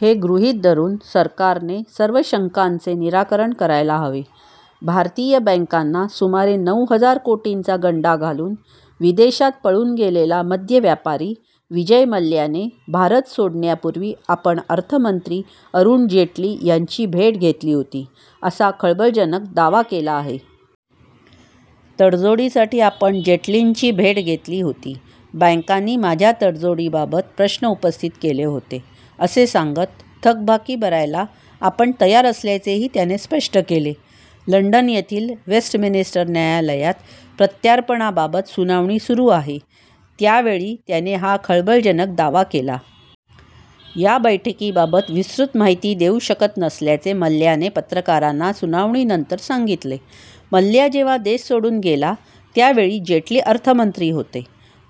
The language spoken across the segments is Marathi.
हे गृहीत धरून सरकारने सर्व शंकांचे निराकरण करायला हवे. भारतीय बॅंकांना सुमारे नऊ हजार कोटींचा गंडा घालून विदेशात पळून गेलेला मद्य व्यापारी विजय मल्ल्याने भारत सोडण्यापूर्वी आपण अर्थमंत्री अरुण जेटली यांची भेट घेतली होती, असा खळबळजनक दावा केला आहे. तडजोडीसाठी आपण जेटलींची भेट घेतली होती. बॅंकांनी माझ्या तडजोडीबाबत प्रश्न उपस्थित केले होते, असे सांगत थकबाकी भरायला आपण तयार असल्याचेही त्याने स्पष्ट केले. लंडन येथील वेस्टमिनिस्टर न्यायालयात प्रत्यार्पणाबाबत सुनावणी सुरू आहे. त्या वेळी त्याने हा खळबळजनक दावा केला. या बैठकीबाबत विस्तृत माहिती देऊ शकत नसल्याचे मल्ल्याने पत्रकारांना सुनावणीनंतर सांगितले. मल्ल्या जेव्हा देश सोडून गेला, त्या वेळी जेटली अर्थमंत्री होते.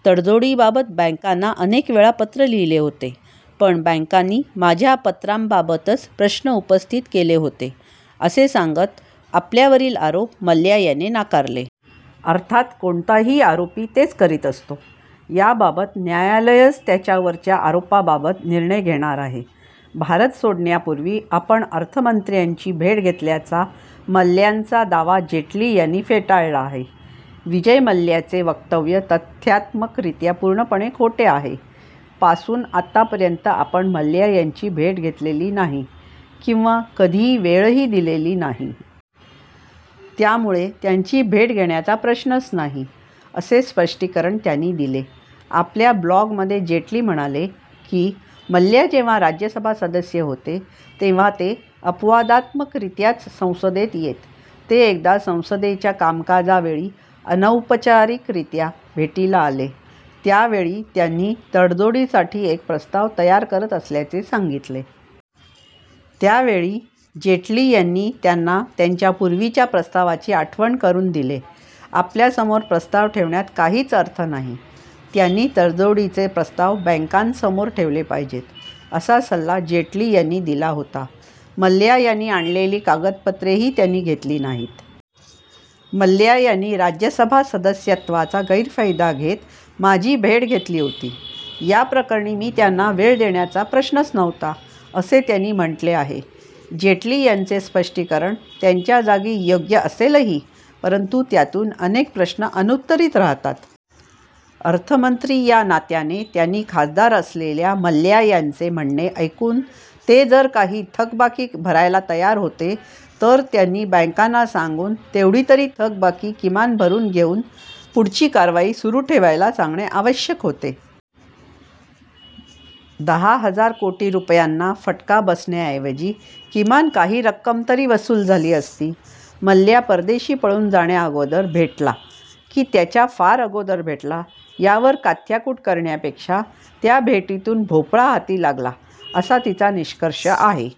तडजोडीबाबत बॅंकांना अनेकवेळा पत्र लिहिले होते; पण बॅंकांनी माझ्या पत्रांबाबतच प्रश्न उपस्थित केले होते, असे सांगत आपल्यावरील आरोप मल्ल्या याने नाकारले. अर्थात कोणताही आरोपी तेच करीत असतो. याबाबत न्यायालयच त्याच्यावरच्या आरोपाबाबत निर्णय घेणार आहे. भारत सोडण्यापूर्वी आपण अर्थमंत्र्यांची भेट घेतल्याचा मल्ल्यांचा दावा जेटली यांनी फेटाळला आहे. विजय मल्ल्याचे वक्तव्य तथ्यात्मकरित्या पूर्णपणे खोटे आहे. पासून आतापर्यंत आपण मल्ल्या यांची भेट घेतलेली नाही किंवा कधी वेळही दिलेली नाही. त्यामुळे त्यांची भेट घेण्याचा प्रश्नच नाही, असे स्पष्टीकरण त्यांनी दिले. आपल्या ब्लॉगमध्ये जेटली म्हणाले, की, मल्ल्या जेव्हा राज्यसभा सदस्य होते, तेव्हा ते अपवादात्मकरित्याच संसदेत येत. ते एकदा संसदेच्या कामकाजावेळी अनौपचारिकत्या भेटीला आले. त्या वेळी त्यांनी तडजोडीसाठी एक प्रस्ताव तयार करत असल्याचे सांगितले. त्या वेळी जेटली यांनी त्यांना त्यांच्या पूर्वीच्या प्रस्तावाची आठवण करून दिले. आपल्यासमोर प्रस्ताव ठेवण्यात काहीच अर्थ नाही. त्यांनी तडजोडीचे प्रस्ताव बॅंकांसमोर ठेवले पाहिजेत, असा सल्ला जेटली यांनी दिला होता. मल्ल्या यांनी आणलेली कागदपत्रेही त्यांनी घेतली नाहीत. मल्ल्या यांनी राज्यसभा सदस्यत्वाचा गैरफायदा घेत माझी भेट घेतली होती. याप्रकरणी मी त्यांना वेळ देण्याचा प्रश्नच नव्हता, असे त्यांनी म्हटले आहे. जेटली यांचे स्पष्टीकरण त्यांच्या जागी योग्य असेलही परंतु त्यातून अनेक प्रश्न अनुत्तरीत राहतात. अर्थमंत्री या नात्याने त्यांनी खासदार असलेल्या मल्ल्या यांचे म्हणणे ऐकून ते जर काही थकबाकी भरायला तयार होते, तर त्यांनी बॅंकांना सांगून तेवढी तरी थकबाकी किमान भरून घेऊन पुढची कारवाई सुरू ठेवायला सांगणे आवश्यक होते. दहा हजार कोटी रुपयांना फटका बसण्याऐवजी किमान काही रक्कम तरी वसूल झाली असती. मल्ल्या परदेशी पळून जाण्याअगोदर भेटला, की त्याच्या फार अगोदर भेटला, यावर काथ्याकुट करण्यापेक्षा त्या भेटीतून भोपळा हाती लागला, असा तिचा निष्कर्ष आहे.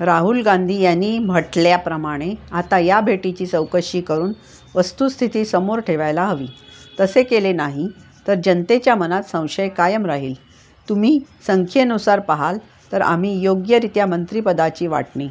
राहुल गांधी यांनी म्हटल्याप्रमाणे आता या भेटीची चौकशी करून वस्तुस्थिती समोर ठेवायला हवी. तसे केले नाही, तर जनतेच्या मनात संशय कायम राहील. तुम्ही संख्येनुसार पाहाल, तर आम्ही योग्यरित्या मंत्रिपदांची वाटणी